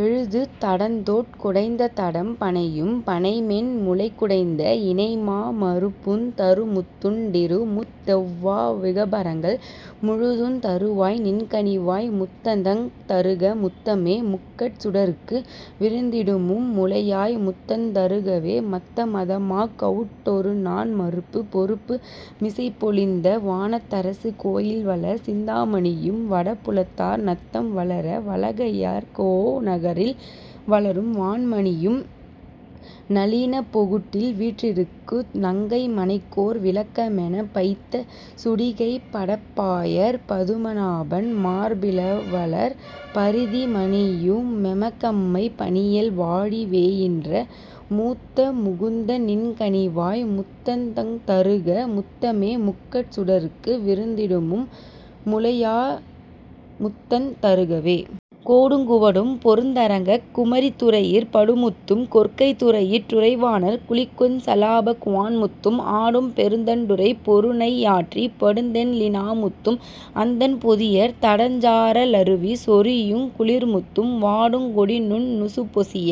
எழுது தடந்தோட் குடைந்ததடம் பணையும் பணைமென் முலைக்குடைந்த இணைமா மருப்புந் தருமுத்துன் டிருமுத் தொவ்வா விகபரங்கள் முழுதுந் தருவாய் நின்கனிவாய் முத்தந் தருக முத்தமே முக்கட் சுடர்க்கு விருந்திடுமும் முலையாய் முத்தந் தருகவே. மத்த மதமாக் கவுட்டொருநான் மருப்புப் பொருப்பு மிசைப்பொலிந்த வானத் தரசு கோயில்வளர் சிந்தா மணியும் வடபுலத்தார் நத்தம் வளர வளகையர்கோ னகரில் வளரும் வான்மணியும் நளினப் பொகுட்டில் வீற்றிருக்கு நங்கை மனைக்கோர் விளக்கமெனப் பைத்த சுடிகைப் படப்பாயற் பதுமநாபன் மார்பில்வளர் பரிதி மணியு மெமக்கம்மை பணியல் வாழி வேயீன்ற முத்த முகுந்த நின்கனிவாய் முத்தந் தருக முத்தமே முக்கட் சுடர்க்கு விருந்திடுமும் முலையாய்முத்தந் தருகவே. கோடுங் குவடும் பொருதரங்கக் குமரித் துறையிற் படுமுத்தும் கொற்கைத் துறையிற் றுறைவாணர் குளிக்குஞ் சலாபக் குவான்முத்தும் ஆடும் பெருந்தண் டுறைப்பொருநை யாற்றிற் படுதெண் ணிலாமுத்தும் அந்தண் பொதியத் தடஞ்சார லருவி சொரியுங் குளிர்முத்தும் வாடுங் கொடிநுண் ணுசுப்பொசிய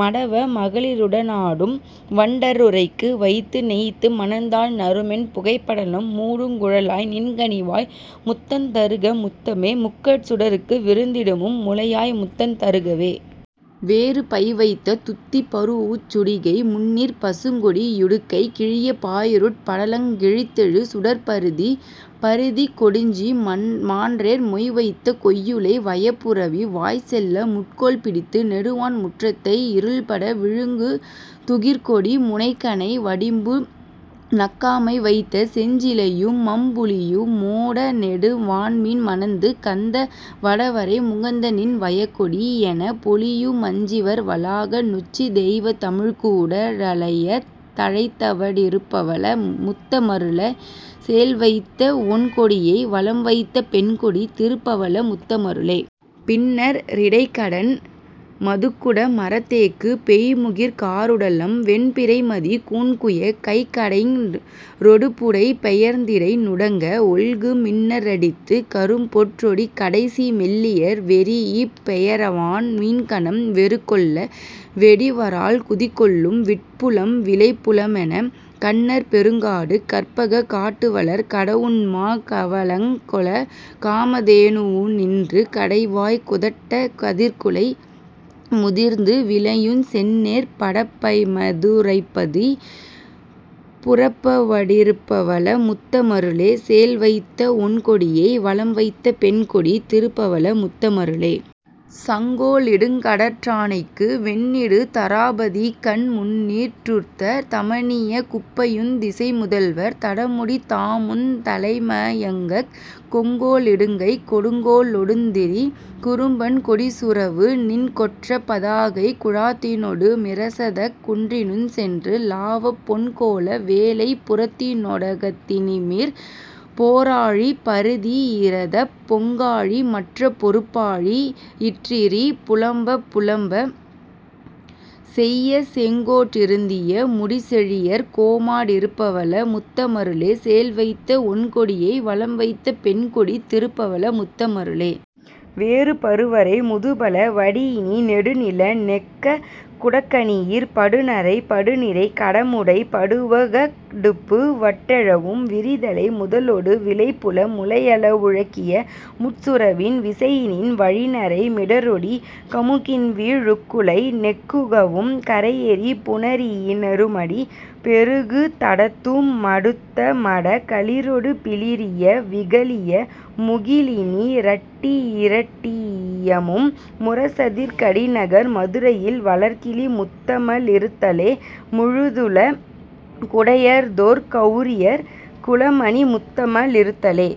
மடவ மகளி ருடனாடும் வண்டற் றுறைக்கு வைத்துநெய்த்து மணந்தாழ் நறுமென் புகைப்படலம் மூடுங் குழலாய் நின்கனிவாய் முத்தந் தருக முத்தமே முக்கட் சுடர்க்கு விருந்திடுமும் முலையாய் முத்தந் தருகவே. வேறு பைவைத்த துத்திப் பரூஉச்சுடிகை முன்றிற் பசுங்கொடி யுடுக்கை கிழியப் பாயிருட் படலங் கிழித்தெழு சுடர்ப்பரிதி பரிதிக் கொடிஞ்சி மான்றேர் மொய்வைத்த கொய்யுளை வயப்புரவி வாய்ச்செல்ல முட்கோல் பிடித்து நெடுவான் முற்றத்தை யிருள்பட விழுங்குந் துகிற்கொடி முனைக்கணை வடிம்பு நக்கா மைவைத்த செஞ்சிலையு மம்புலியு மோடநெடு வான்மீன் மணந்து கந்த வடவரை முகந்தநின் வயக்கொடி யெனப்பொலியு மஞ்சிவர் வளாக நொச்சித் தெய்வத் தமிழ்க்கூட றழையத் தழைத்தவ டிருப்பவள முத்த மருளே சேல்வைத்த வொண்கொடியை வலம்வைத்த பெண்கொடி திருப்பவள முத்த மருளே. பின்னற் றிறைக்கடன் மதுக்குட மறத்தேக்கு பெய்முகிற் காருடலம் வெண் பிறைமதிக் கூன்குயக் கைக்கடைஞ ரொடுபுடை பெயர்ந்திடை நுடங்க வொல்கு மின்னற் றடித்துக் கரும்பொற்றொடிக்கடைசி மெல்லியர் வெரீஇப் பெயரவான் மீன்கணம் வெருக்கொள்ள வெடிவரால் குதிகொள்ளும் விட்புலம் விளை புலமெனக் கன்னற் பெருங்காடு கற்பகக் காட்டுவளர் கடவுண்மா கவளங் கொளக் காமதே னுவுநின்று கடைவாய் குதட்டக் கதிர்க்குலை முதிர்ந்து விளையுஞ் செந்நெற் படப்பைமது ரைப்பதி புரப்பவ டிருப்பவள முத்த மருளே சேல்வைத்த வொண்கொடியை வலம்வைத்த பெண்கொடி திருப்பவள முத்த மருளே. சங்கோ லிடுங்கடற் றானைக்கு வெந்நிடு தராபதிகண் முன்றிறூர்த்த தமனியக் குப்பையுந் திசைமுதல்வர் தடமுடித் தாமமுந் தலைம யங்கக் கொங்கோ லிடுங்கைக் கொடுங்கோ லொடுந்திரி குறும்பன் கொடிச்சுறவு நின் கொற்றப் பதாகைக் குழாத்தினொடு மிரசதக் குன்றினுஞ் சென்று லாவப் பொன்கோல வேலைப் புறத்தினொ டகத்தினிமிர் போராழி பரிதி யிரதப் பொங்காழி மற்றப் பொருப்பாழி யிற்றிரி புலம்பப் புலம்பு செய்யச் செங்கோ றிருத்திய முடிச்செழியர் கோமக டிருப்பவள முத்த மருளே சேல்வைத்த வொண்கொடியை வலம்வைத்த பெண்கொடி திருப்பவள முத்த மருளே. வேறு பருவரை முதுபல வடியினி னெடுநில நெக்ககு டக்கனியிற் படுநறை படுநிறை கடமுடை படுவக டுப்பவு வட்டெழவும் விரிதலை முதலொடு விளைபுல முலையவு ழக்கிய முட்சுறவின் விசையினின் வழிநறை மிடறொடி கமுகின்வி ழுக்குலை நெக்குகவும் கரையெறி புணரியி னிருமடி பெருகுத டத்தும டுத்தமடக் களிறொடு பிளிறிய விகலிய முகிலினி ரட்டியி ரட்டியமும் முரசதிர் கடிநகர் மதுரையில் வளர்கிளி முத்தம ளித்தருளே முழுதுல குடையதொர் கவுரியர் குலமணி முத்தம ளித்தருளே.